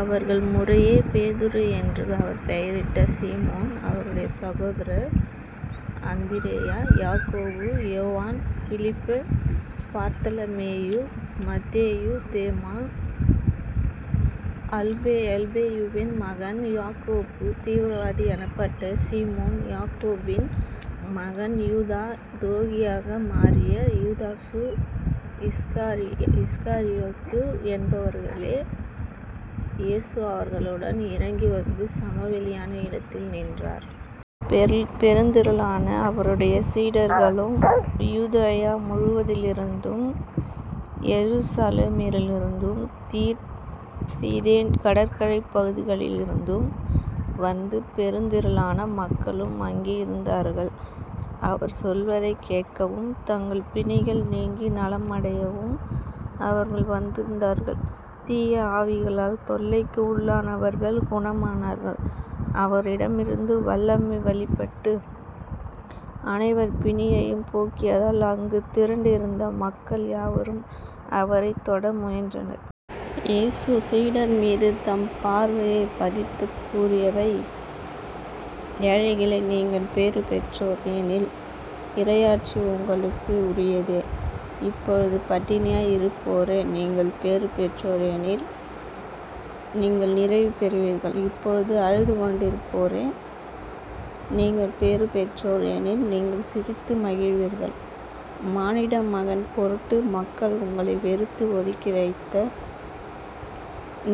அவர்கள் முறையே பேதுரு என்று அவர் பெயரிட்ட சீமோன் அவருடைய சகோதரர் அந்திரேயா யாக்கோபு யோவான் பிலிப்பு, பார்த்தலமேயு மத்தேயு தேமா அல்பேயுவின் மகன் யாக்கோபு தீவிரவாதி எனப்பட்ட சீமோன் யாக்கோபின் மகன் யூதா துரோகியாக மாறிய யூதாசு இஸ்கா இஸ்காரியோத்து என்பவர்களே. இயேசு அவர்களுடன் இறங்கி வந்து சமவெளியான இடத்தில் நின்றார். பெருந்பெருந்திரளான அவருடைய சீடர்களும் யூதேயா முழுவதிலிருந்தும் எருசலேமிலிருந்தும் தீர் சீதேன் கடற்கரைப் பகுதிகளிலிருந்தும் வந்த பெருந்திரளான மக்களும் அங்கே இருந்தார்கள். அவர் சொல்வதைக் கேட்கவும் தங்கள் பிணிகள் நீங்கி நலமடையவும் அவர்கள் வந்திருந்தார்கள். தீய ஆவிகளால் தொல்லைக்கு உள்ளானவர்கள் குணமானார்கள். அவரிடமிருந்து வல்லமை வெளிப்பட்டு அனைவர் பிணியையும் போக்கியதால், அங்குத் திரண்டிருந்த மக்கள் யாவரும் அவரைத் தொட முயன்றனர். இயேசு சீடர்மீது தம் பார்வையைப் பதித்துக் கூறியவை"ஏழைகளே, நீங்கள் பேறுபெற்றோர். ஏனில் இறையாட்சி உங்களுக்கு உரியதே. இப்பொழுது பட்டினியாய் இருப்போரே நீங்கள் பேறு பெற்றோர் ஏனெனில் நீங்கள் நிறைவு பெறுவீர்கள். இப்பொழுது அழுதுகொண்டிருப்போரே நீங்கள் பேறுபெற்றோர் ஏனில் நீங்கள் சிரித்து மகிழ்வீர்கள். மானிடமகன் பொருட்டு மக்கள் உங்களை வெறுத்து, ஒதுக்கிவைத்து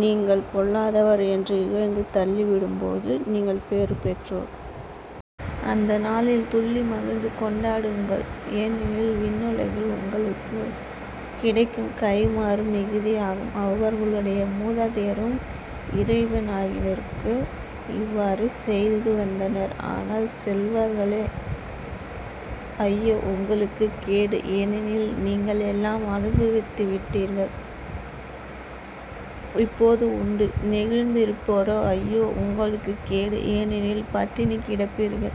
நீங்கள் பொல்லாதவர் என்று இகழ்ந்து தள்ளிவிடும்போது நீங்கள் பேறுபெற்றோர். அந்தநாளில் துள்ளி மகிழ்ந்து கொண்டாடுங்கள் ஏனெனில் விண்ணுலகில் உங்களுக்குக் கிடைக்கும் கைம்மாறு மிகுதியாகும். அவர்களுடைய மூதாதையரும் இறைவனாக்கினருக்கு இவ்வாறே செய்துவந்தனர். ஆனால் செல்வர்களே ஐயோ. உங்களுக்குக் கேடு. ஏனெனில் நீங்கள் எல்லாம் அனுபவித்துவிட்டீர்கள். இப்போது உண்டு கெழுந்திருப்போரே ஐயோ. உங்களுக்குக் கேடு. ஏனெனில் பட்டினி கிடப்பீர்கள்.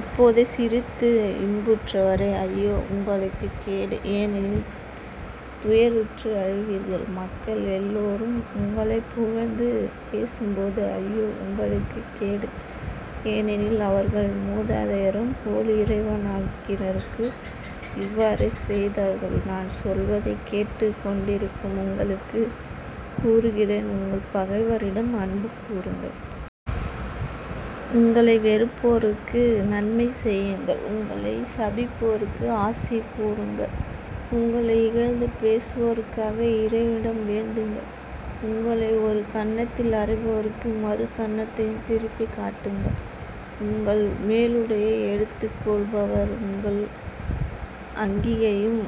இப்போது சிரித்து இன்புற்றவரே ஐயோ. உங்களுக்குக் கேடு. ஏனெனில் துயருற்று அழுவீர்கள். மக்கள் எல்லாரும் உங்களைப் புகழ்ந்து பேசும்போது ஐயோ. உங்களுக்குக் கேடு. ஏனெனில் அவர்களின் மூதாதையரும் போலி இறைவனாக்கினருக்கு இவ்வாறே செய்தார்கள். நான் சொல்வதைக் கேட்டுக் கொண்டிருக்கும் உங்களுக்குக் கூறுகிறேன் உங்கள் பகைவரிடம் அன்பு கூருங்கள். உங்களை வெறுப்போருக்கு நன்மை செய்யுங்கள். உங்களைச் சபிப்போருக்கு ஆசி கூறுங்கள். உங்களை இகழ்ந்து பேசுவோருக்காக இறைவனிடம் வேண்டுங்கள். உங்களை ஒரு கன்னத்தில் அறைபவருக்கு மறு கன்னத்தையும் திருப்பிக் காட்டுங்கள். உங்கள் மேலுடையை எடுத்துக் கொள்பவர் உங்கள் அங்கியையும்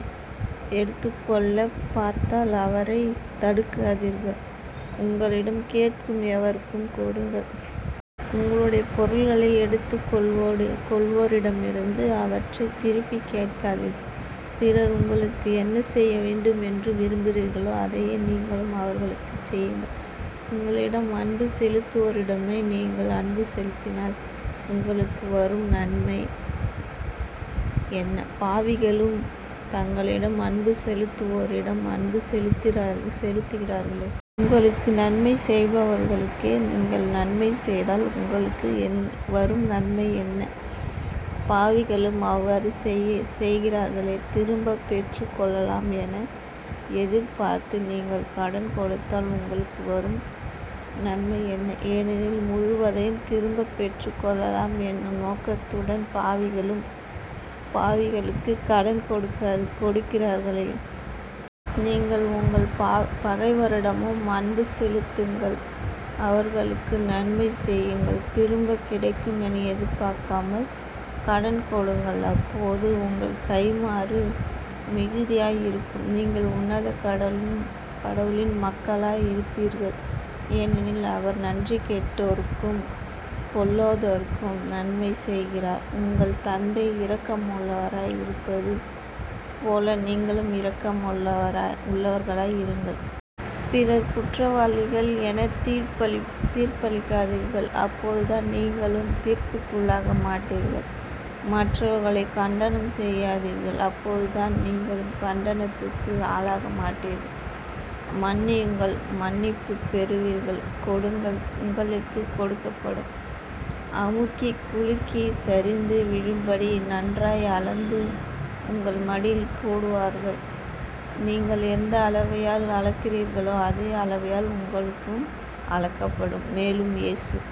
எடுத்துக்கொள்ளப் பார்த்தால் அவரைத் தடுக்காதீர்கள். உங்களிடம் கேட்கும் எவருக்கும் கொடுங்கள். உங்களுடைய பொருள்களை எடுத்துக் கொள்வோகொள்வோரிடமிருந்து அவற்றைத் திருப்பிக் கேட்காதீர்கள். பிறர் உங்களுக்கு என்ன செய்ய வேண்டும் என்று விரும்புகிறீர்களோ அதையே நீங்களும் அவர்களுக்குச் செய்யுங்கள். உங்களிடம் அன்பு செலுத்துவோரிடமே நீங்கள் அன்பு செலுத்தினால் உங்களுக்கு வரும் நன்மை என்ன? பாவிகளும் தங்களிடம் அன்பு செலுத்துவோரிடம் அன்பு செலுத்துகிறார்களே. உங்களுக்கு நன்மை செய்பவர்களுக்கே நீங்கள் நன்மை செய்தால் உங்களுக்கு வரும் நன்மை என்ன? பாவிகளும் அவ்வாறு செய்செய்கிறார்களே. திரும்பப் பெற்றுக் கொள்ளலாம் என எதிர்பார்த்து நீங்கள் கடன் கொடுத்தால் உங்களுக்கு வரும் நன்மை என்ன? ஏனெனில் முழுவதையும் திரும்பப் பெற்றுக்கொள்ளலாம் என்னும் நோக்கத்துடன் பாவிகளும் பாவிகளுக்குக் கடன் கொடுக்கிறார்களே. நீங்கள் உங்கள் பகைவரிடமும் அன்பு செலுத்துங்கள். அவர்களுக்கு நன்மை செய்யுங்கள் திரும்பக் கிடைக்கும் என எதிர்பார்க்காமல் கடன் கொடுங்கள். அப்போது உங்கள் கைம்மாறு மிகுதியாய் இருக்கும். நீங்கள் உன்னத கடவுளின் மக்களாய் இருப்பீர்கள். ஏனெனில் அவர் நன்றி கெட்டோருக்கும் பொல்லோதோருக்கும் நன்மை செய்கிறார். உங்கள் தந்தை இரக்கமுள்ளவராய் இருப்பது போல நீங்களும் இரக்கம் உள்ளவராய் உள்ளவர்களாய் இருங்கள். பிறர் குற்றவாளிகள் எனத் தீர்ப்பளி தீர்ப்பளிக்காதீர்கள் அப்போதுதான் நீங்களும் தீர்ப்புக்குள்ளாக மாட்டீர்கள். மற்றவர்களைக் கண்டனம் செய்யாதீர்கள் அப்போதுதான் நீங்களும் கண்டனத்துக்கு ஆளாக மாட்டீர்கள். மன்னியுங்கள் மன்னிப்புப் பெறுவீர்கள். கொடுங்கள். உங்களுக்குக் கொடுக்கப்படும். அமுக்கிக் குலுக்கிச் சரிந்து விழும்படி நன்றாய் அளந்து உங்கள் மடியில் போடுவார்கள். நீங்கள் எந்த அளவையால் அளக்கிறீர்களோ அதே அளவையால் உங்களுக்கும் அளக்கப்படும். மேலும் இயேசு